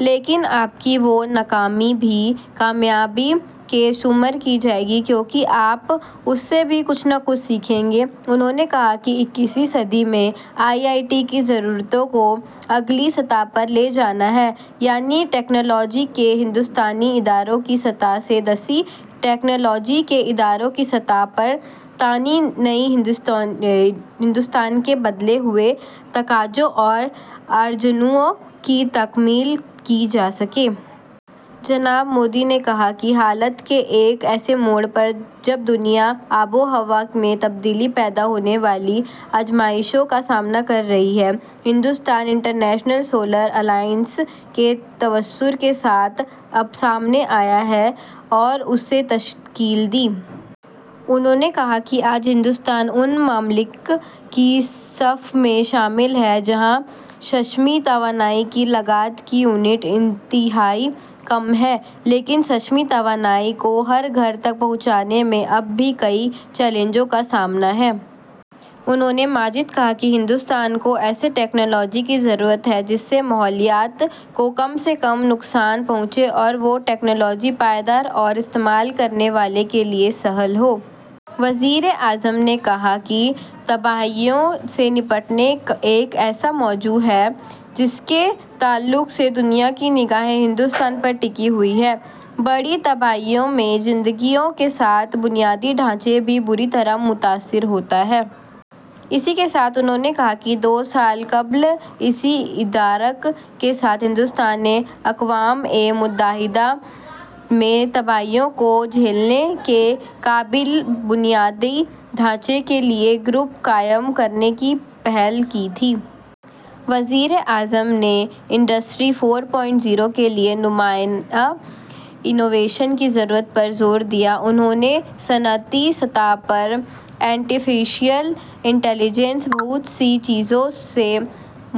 لیکن آپ کی وہ ناکامی بھی کامیابی میں شمار کی جائے گی، کیونکہ آپ اس سے بھی کچھ نہ کچھ سیکھیں گے۔ انہوں نے کہا کہ اکیسویں صدی میں آئی آئی ٹی کی ضرورتوں کو اگلی سطح پر لے جانا ہے، یعنی ٹیکنالوجی کے ہندوستانی اداروں کی سطح سے دیسی ٹیکنالوجیوں کے اداروں کی سطح پر، تاکہ نئے ہندوستان کے بدلتے ہوئے مطالبات اور امنگوں کی تکمیل کی جاسکے۔ جناب مودی نے کہا کہ حالات کے ایک ایسے موڑ پر جب دنیا آب و ہوا میں تبدیلی سے پیدا ہونے والی آزمائشوں کا سامنا کررہی ہے، ہندوستان انٹرنیشنل سولر الائنس کے تصور کے ساتھ سامنے آیا اور اسے بنایا ہے۔ انہوں نے کہا کہ آج کا ہندوستان ان ملکوں کی صف میں شامل ہے جہاں شمسی توانائی کی لاگت فی یونٹ انتہائی کم ہے، لیکن شمسی توانائی کو ہر گھر تک پہنچانے میں اب بھی کئی چیلنجوں کا سامنا ہے۔ انہوں نے مزید کہا کہ ہندوستان کو ایسی ٹیکنالوجی کی ضرورت ہے جس سے ماحولیات کو کم سے کم نقصان پہنچے اور وہ ٹیکنالوجی پائیدار اور استعمال کرنے والے کے لیے سہل ہو۔ وزیر اعظم نے کہا کہ تباہیوں سے نمٹنا ایک ایسا موضوع ہے جس کے تعلق سے دنیا کی نگاہیں ہندوستان پر ٹکی ہوئی ہیں۔ بڑی تباہیوں میں زندگیوں کے ساتھ بنیادی ساختیات بری طرح متاثر ہوتی ہیں۔ اسی کے ساتھ انہوں نے کہا کہ دو سال قبل اسی ادراک کے ساتھ ہندوستان نے اقوام متحدہ میں تباہیوں کو جھیلنے کے متحمل بنیادی ڈھانچے کے لیے ایک گروپ قائم کرنے کی پہل کی تھی۔ وزیر اعظم نے انڈسٹری فور پوائنٹ زیرو کے لیے نمایاں جدت طرازی کی ضرورت پر زور دیا۔ انہوں نے صنعتی سطح پر مصنوعی ذہانت، بہت سی چیزوں کو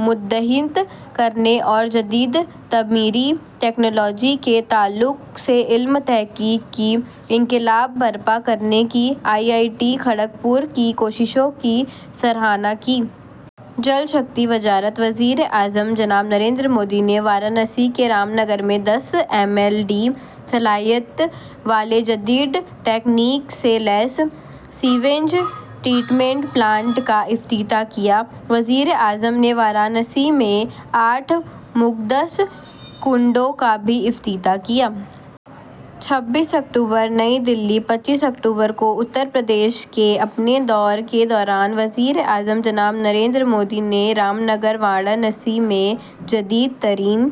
مربوط کرنے اور جدید تعمیراتی ٹیکنالوجی کے تعلق سے علمی تحقیق میں انقلاب برپا کرنے کی آئی آئی ٹی کھڑگ پور کی کوششوں کی۔ جل شکتی وزارت۔ وزیر اعظم جناب نریندر مودی نے وارانسی کے رام نگر میں دس ایم ایل ڈی صلاحیت کے جدید تکنیک سے لیس سیویج ٹریٹمنٹ پلانٹ کا افتتاح کیا۔ وزیر اعظم نے وارانسی میں آٹھ مقدس کنڈوں کا بھی افتتاح کیا۔ چھبیس اکتوبر، نئی دہلی: پچیس اکتوبر کو اتر پردیش کے اپنے دورے کے دوران وزیر اعظم جناب نریندر مودی نے رام نگر، وارانسی میں جدید ترین...